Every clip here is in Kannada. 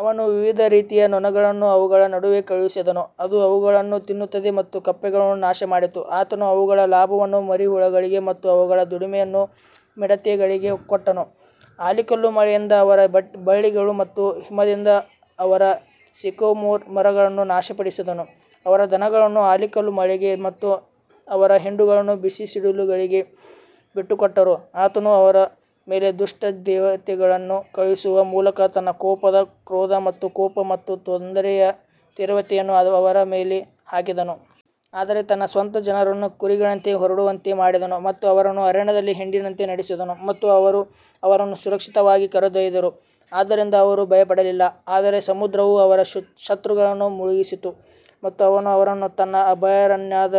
ಅವನು ವಿವಿಧ ರೀತಿಯ ನೊಣಗಳನ್ನು ಅವುಗಳ ನಡುವೆ ಕಳುಹಿಸಿದನು, ಅದು ಅವುಗಳನ್ನು ತಿನ್ನುತ್ತದೆ ಮತ್ತು ಕಪ್ಪೆಗಳನ್ನು ನಾಶಮಾಡಿತು ಆತನು ಅವುಗಳ ಲಾಭವನ್ನು ಮರಿಹುಳುಗಳಿಗೆ ಮತ್ತು ಅವುಗಳ ದುಡಿಮೆಯನ್ನು ಮಿಡತೆಗಳಿಗೆ ಕೊಟ್ಟನು ಆಲಿಕಲ್ಲು ಮಳೆಯಿಂದ ಅವರ ಬಳ್ಳಿಗಳನ್ನು ಮತ್ತು ಹಿಮದಿಂದ ಅವರ ಸಿಕೊಮೊರ್ ಮರಗಳನ್ನು ನಾಶಪಡಿಸಿದನು ಅವರ ದನಗಳನ್ನು ಆಲಿಕಲ್ಲು ಮಳೆಗೆ ಮತ್ತು ಅವರ ಹಿಂಡುಗಳನ್ನು ಬಿಸಿ ಸಿಡಿಲುಗಳಿಗೆ ಬಿಟ್ಟುಕೊಟ್ಟರು ಆತನು ಅವರ ಮೇಲೆ ದುಷ್ಟ ದೇವತೆಗಳನ್ನು ಕಳುಹಿಸುವ ಮೂಲಕ ತನ್ನ ಕೋಪದ ಕ್ರೋಧ ಮತ್ತು ಕೋಪ ಮತ್ತು ತೊಂದರೆಯ ತೀವ್ರತೆಯನ್ನು ಅವರ ಮೇಲೆ ಹಾಕಿದನು. ಆದರೆ ತನ್ನ ಸ್ವಂತ ಜನರನ್ನು ಕುರಿಗಳಂತೆ ಹೊರಡುವಂತೆ ಮಾಡಿದನು ಮತ್ತು ಅವರನ್ನು ಅರಣ್ಯದಲ್ಲಿ ಹಿಂಡಿನಂತೆ ನಡೆಸಿದನು ಮತ್ತು ಅವರು ಅವರನ್ನು ಸುರಕ್ಷಿತವಾಗಿ ಕರೆದೊಯ್ದರು ಆದ್ದರಿಂದ ಅವರು ಭಯಪಡಲಿಲ್ಲ ಆದರೆ ಸಮುದ್ರವು ಅವರ ಶತ್ರುಗಳನ್ನು ಮುಳುಗಿಸಿತು ಮತ್ತು ಅವನು ಅವರನ್ನು ತನ್ನ ಅಭಯಾರಣ್ಯದ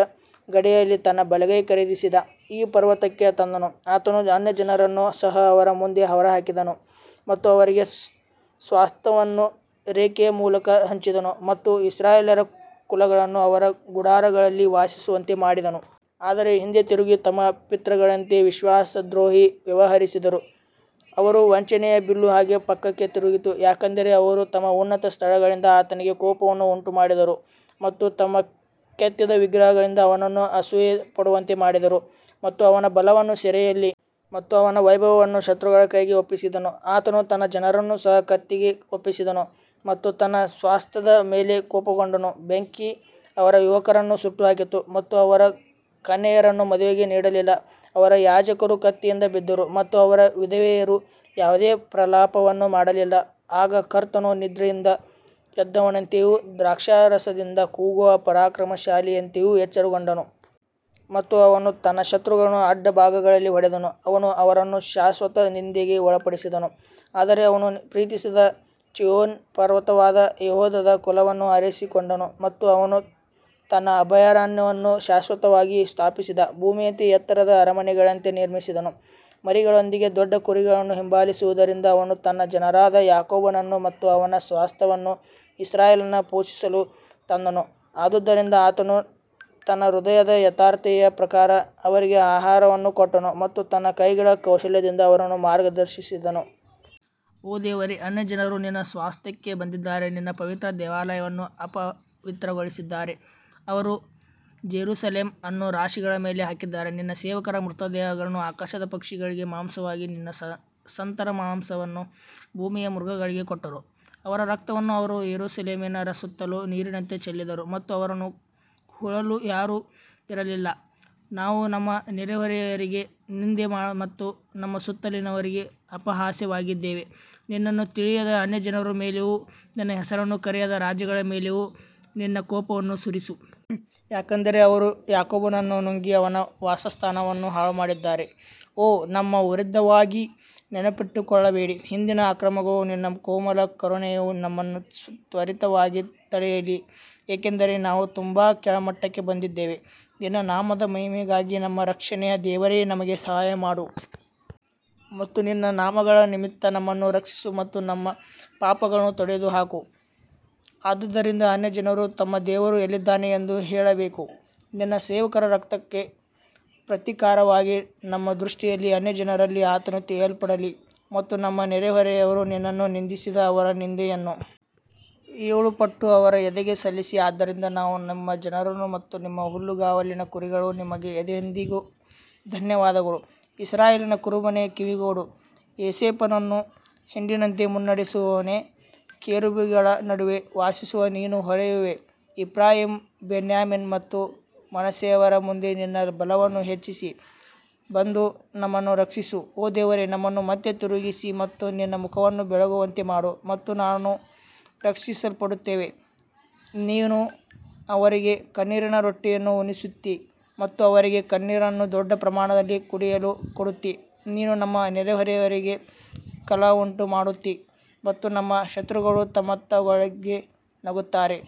ಗಡಿಯಲ್ಲಿ ತನ್ನ ಬಲಗೈ ಖರೀದಿಸಿದ ಈ ಪರ್ವತಕ್ಕೆ ತಂದನು ಆತನು ಅನ್ಯಜನರನ್ನು ಸಹ ಅವರ ಮುಂದೆ ಹೊರಹಾಕಿದನು ಮತ್ತು ಅವರಿಗೆ ಸ್ವಾಸ್ತ್ಯವನ್ನು ರೇಖೆಯ ಮೂಲಕ ಹಂಚಿದನು ಮತ್ತು ಇಸ್ರಾಯೇಲ್ಯರ ಕುಲಗಳನ್ನು ಅವರ ಗುಡಾರಗಳಲ್ಲಿ ವಾಸಿಸುವಂತೆ ಮಾಡಿದನು. ಆದರೆ ಹಿಂದೆ ತಿರುಗಿ ತಮ್ಮ ಪಿತೃಗಳಂತೆ ವಿಶ್ವಾಸದ್ರೋಹಿ ವ್ಯವಹರಿಸಿದರು ಅವರು ವಂಚನೆಯ ಬಿಲ್ಲು ಹಾಗೆ ಪಕ್ಕಕ್ಕೆ ತಿರುಗಿತು ಯಾಕಂದರೆ ಅವರು ತಮ್ಮ ಉನ್ನತ ಸ್ಥಳಗಳಿಂದ ಆತನಿಗೆ ಕೋಪವನ್ನು ಉಂಟುಮಾಡಿದರು ಮತ್ತು ತಮ್ಮ ಕೆತ್ತಿದ ವಿಗ್ರಹಗಳಿಂದ ಅವನನ್ನು ಅಸೂಯೆ ಪಡುವಂತೆ ಮಾಡಿದರು. ಮತ್ತು ಅವನ ಬಲವನ್ನು ಸೆರೆಯಲ್ಲಿ ಮತ್ತು ಅವನ ವೈಭವವನ್ನು ಶತ್ರುಗಳ ಕೈಗೆ ಒಪ್ಪಿಸಿದನು ಆತನು ತನ್ನ ಜನರನ್ನು ಸಹ ಕತ್ತಿಗೆ ಒಪ್ಪಿಸಿದನು ಮತ್ತು ತನ್ನ ಸ್ವಾಸ್ತ್ಯದ ಮೇಲೆ ಕೋಪಗೊಂಡನು ಬೆಂಕಿ ಅವರ ಯುವಕರನ್ನು ಸುಟ್ಟುಹಾಕಿತು ಮತ್ತು ಅವರ ಕನ್ಯೆಯರನ್ನು ಮದುವೆಗೆ ನೀಡಲಿಲ್ಲ ಅವರ ಯಾಜಕರು ಕತ್ತಿಯಿಂದ ಬಿದ್ದರು ಮತ್ತು ಅವರ ವಿಧವೆಯರು ಯಾವುದೇ ಪ್ರಲಾಪವನ್ನು ಮಾಡಲಿಲ್ಲ ಆಗ ಕರ್ತನು ನಿದ್ರೆಯಿಂದ ಎದ್ದವನಂತೆಯೂ ದ್ರಾಕ್ಷಾರಸದಿಂದ ಕೂಗುವ ಪರಾಕ್ರಮಶಾಲಿಯಂತೆಯೂ ಎಚ್ಚರಗೊಂಡನು. ಮತ್ತು ಅವನು ತನ್ನ ಶತ್ರುಗಳನ್ನು ಅಡ್ಡ ಭಾಗಗಳಲ್ಲಿ ಹೊಡೆದನು, ಅವನು ಅವರನ್ನು ಶಾಶ್ವತ ನಿಂದೆಗೆ ಒಳಪಡಿಸಿದನು ಆದರೆ ಅವನು ಪ್ರೀತಿಸಿದ ಚೀಯೋನ್ ಪರ್ವತವಾದ ಯೆಹೂದದ ಕುಲವನ್ನು ಆರಿಸಿಕೊಂಡನು ಮತ್ತು ಅವನು ತನ್ನ ಅಭಯಾರಣ್ಯವನ್ನು ಶಾಶ್ವತವಾಗಿ ಸ್ಥಾಪಿಸಿದ ಭೂಮಿಯಂತೆ ಎತ್ತರದ ಅರಮನೆಗಳಂತೆ ನಿರ್ಮಿಸಿದನು ಮರಿಗಳೊಂದಿಗೆ ದೊಡ್ಡ ಕುರಿಗಳನ್ನು ಹಿಂಬಾಲಿಸುವುದರಿಂದ ಅವನು ತನ್ನ ಜನರಾದ ಯಾಕೋಬನನ್ನು ಮತ್ತು ಅವನ ಸ್ವಾಸ್ತ್ಯವನ್ನು ಇಸ್ರಾಯೇಲನ್ನು ಪೋಷಿಸಲು ತಂದನು ಆದುದರಿಂದ ಆತನು ತನ್ನ ಹೃದಯದ ಯಥಾರ್ಥತೆಯ ಪ್ರಕಾರ ಅವರಿಗೆ ಆಹಾರವನ್ನು ಕೊಟ್ಟನು ಮತ್ತು ತನ್ನ ಕೈಗಳ ಕೌಶಲ್ಯದಿಂದ ಅವರನ್ನು ಮಾರ್ಗದರ್ಶಿಸಿದನು. ಓ ದೇವರೇ ಅನ್ಯಜನರು ನಿನ್ನ ಸ್ವಾಸ್ತ್ಯಕ್ಕೆ ಬಂದಿದ್ದಾರೆ ನಿನ್ನ ಪವಿತ್ರ ದೇವಾಲಯವನ್ನು ಅಪವಿತ್ರಗೊಳಿಸಿದ್ದಾರೆ ಅವರು ಜೆರುಸಲೆಮ್ ಅನ್ನು ರಾಶಿಗಳ ಮೇಲೆ ಹಾಕಿದ್ದಾರೆ ನಿನ್ನ ಸೇವಕರ ಮೃತದೇಹಗಳನ್ನು ಆಕಾಶದ ಪಕ್ಷಿಗಳಿಗೆ ಮಾಂಸವಾಗಿ ನಿನ್ನ ಸಂತರ ಮಾಂಸವನ್ನು ಭೂಮಿಯ ಮೃಗಗಳಿಗೆ ಕೊಟ್ಟರು. ಅವರ ರಕ್ತವನ್ನು ಅವರು ಯೆರೂಸಲೇಮಿನ ಸುತ್ತಲೂ ನೀರಿನಂತೆ ಚೆಲ್ಲಿದರು ಮತ್ತು ಅವರನ್ನು ಹೂಳಲು ಯಾರೂ ಇರಲಿಲ್ಲ ನಾವು ನಮ್ಮ ನೆರೆಹೊರೆಯವರಿಗೆ ನಿಂದೆ ಮತ್ತು ನಮ್ಮ ಸುತ್ತಲಿನವರಿಗೆ ಅಪಹಾಸ್ಯವಾಗಿದ್ದೇವೆ ನಿನ್ನನ್ನು ತಿಳಿಯದ ಅನ್ಯಜನರ ಮೇಲೆಯೂ ನಿನ್ನ ಹೆಸರನ್ನು ಕರೆಯದ ರಾಜ್ಯಗಳ ಮೇಲೆಯೂ ನಿನ್ನ ಕೋಪವನ್ನು ಸುರಿಸು. ಯಾಕಂದರೆ ಅವರು ಯಾಕೋಬನನ್ನು ನುಂಗಿ ಅವನ ವಾಸಸ್ಥಾನವನ್ನು ಹಾಳುಮಾಡಿದ್ದಾರೆ ಓ ನಮ್ಮ ವಿರುದ್ಧವಾಗಿ ನೆನಪಿಟ್ಟುಕೊಳ್ಳಬೇಡಿ ಹಿಂದಿನ ಅಕ್ರಮಗಳು ನಿನ್ನ ಕೋಮಲ ಕರುಣೆಯು ನಮ್ಮನ್ನು ತ್ವರಿತವಾಗಿ ತಡೆಯಲಿ, ಏಕೆಂದರೆ ನಾವು ತುಂಬಾ ಕೆಳಮಟ್ಟಕ್ಕೆ ಬಂದಿದ್ದೇವೆ ನಿನ್ನ ನಾಮದ ಮಹಿಮೆಗಾಗಿ ನಮ್ಮ ರಕ್ಷಣೆಯ ದೇವರೇ ನಮಗೆ ಸಹಾಯ ಮಾಡು ಮತ್ತು ನಿನ್ನ ನಾಮಗಳ ನಿಮಿತ್ತ ನಮ್ಮನ್ನು ರಕ್ಷಿಸು ಮತ್ತು ನಮ್ಮ ಪಾಪಗಳನ್ನು ತೊಡೆದುಹಾಕು ಆದದರಿಂದ ಅನ್ಯಜನರು ತಮ್ಮ ದೇವರು ಎಲ್ಲಿದ್ದಾನೆ ಎಂದು ಹೇಳಬೇಕು, ನಿನ್ನ ಸೇವಕರ ರಕ್ತಕ್ಕೆ ಪ್ರತೀಕಾರವಾಗಿ ನಮ್ಮ ದೃಷ್ಟಿಯಲ್ಲಿ ಅನ್ಯಜನರಲ್ಲಿ ಆತನು ತಿಳಿಯಲ್ಪಡಲಿ ಮತ್ತು ನಮ್ಮ ನೆರೆಹೊರೆಯವರು ನಿನ್ನನ್ನು ನಿಂದಿಸಿದ ಅವರ ನಿಂದೆಯನ್ನು ಏಳುಪಟ್ಟು ಅವರ ಎದೆಗೆ ಸಲ್ಲಿಸಿ ಆದ್ದರಿಂದ ನಾವು ನಿಮ್ಮ ಜನರು ಮತ್ತು ನಿಮ್ಮ ಹುಲ್ಲುಗಾವಲಿನ ಕುರಿಗಳು ನಿಮಗೆ ಎಂದೆಂದಿಗೂ ಧನ್ಯವಾದಗಳು ಇಸ್ರಾಯೇಲಿನ ಕುರುಬನೇ, ಕಿವಿಗೊಡು, ಯೋಸೇಫನನ್ನು ಹಿಂಡಿನಂತೆ ಮುನ್ನಡೆಸುವವನೇ, ಕೆರೂಬಿಗಳ ನಡುವೆ ವಾಸಿಸುವ ನೀನು ಹೊಳೆಯುವೆ ಎಫ್ರಾಯೀಮ್, ಬೆನ್ಯಾಮೀನ್ ಮತ್ತು ಮನಸ್ಸೆಯವರ ಮುಂದೆ ನಿನ್ನ ಬಲವನ್ನು ಹೆಚ್ಚಿಸಿ ಬಂದು ನಮ್ಮನ್ನು ರಕ್ಷಿಸು ಓ ದೇವರೇ ನಮ್ಮನ್ನು ಮತ್ತೆ ತಿರುಗಿಸಿ ಮತ್ತು ನಿನ್ನ ಮುಖವನ್ನು ಬೆಳಗುವಂತೆ ಮಾಡು ಮತ್ತು ನಾವು ರಕ್ಷಿಸಲ್ಪಡುತ್ತೇವೆ ನೀನು ಅವರಿಗೆ ಕಣ್ಣೀರಿನ ರೊಟ್ಟಿಯನ್ನು ಉಣಿಸುತ್ತೀ ಮತ್ತು ಅವರಿಗೆ ಕಣ್ಣೀರನ್ನು ದೊಡ್ಡ ಪ್ರಮಾಣದಲ್ಲಿ ಕುಡಿಯಲು ಕೊಡುತ್ತೀ ನೀನು ನಮ್ಮ ನೆರೆಹೊರೆಯವರಿಗೆ ಕಲಹವನ್ನುಂಟುಮಾಡುತ್ತೀ ಮತ್ತು ನಮ್ಮ ಶತ್ರುಗಳು ತಮ್ಮತಮ್ಮೊಳಗೆ ನಗುತ್ತಾರೆ.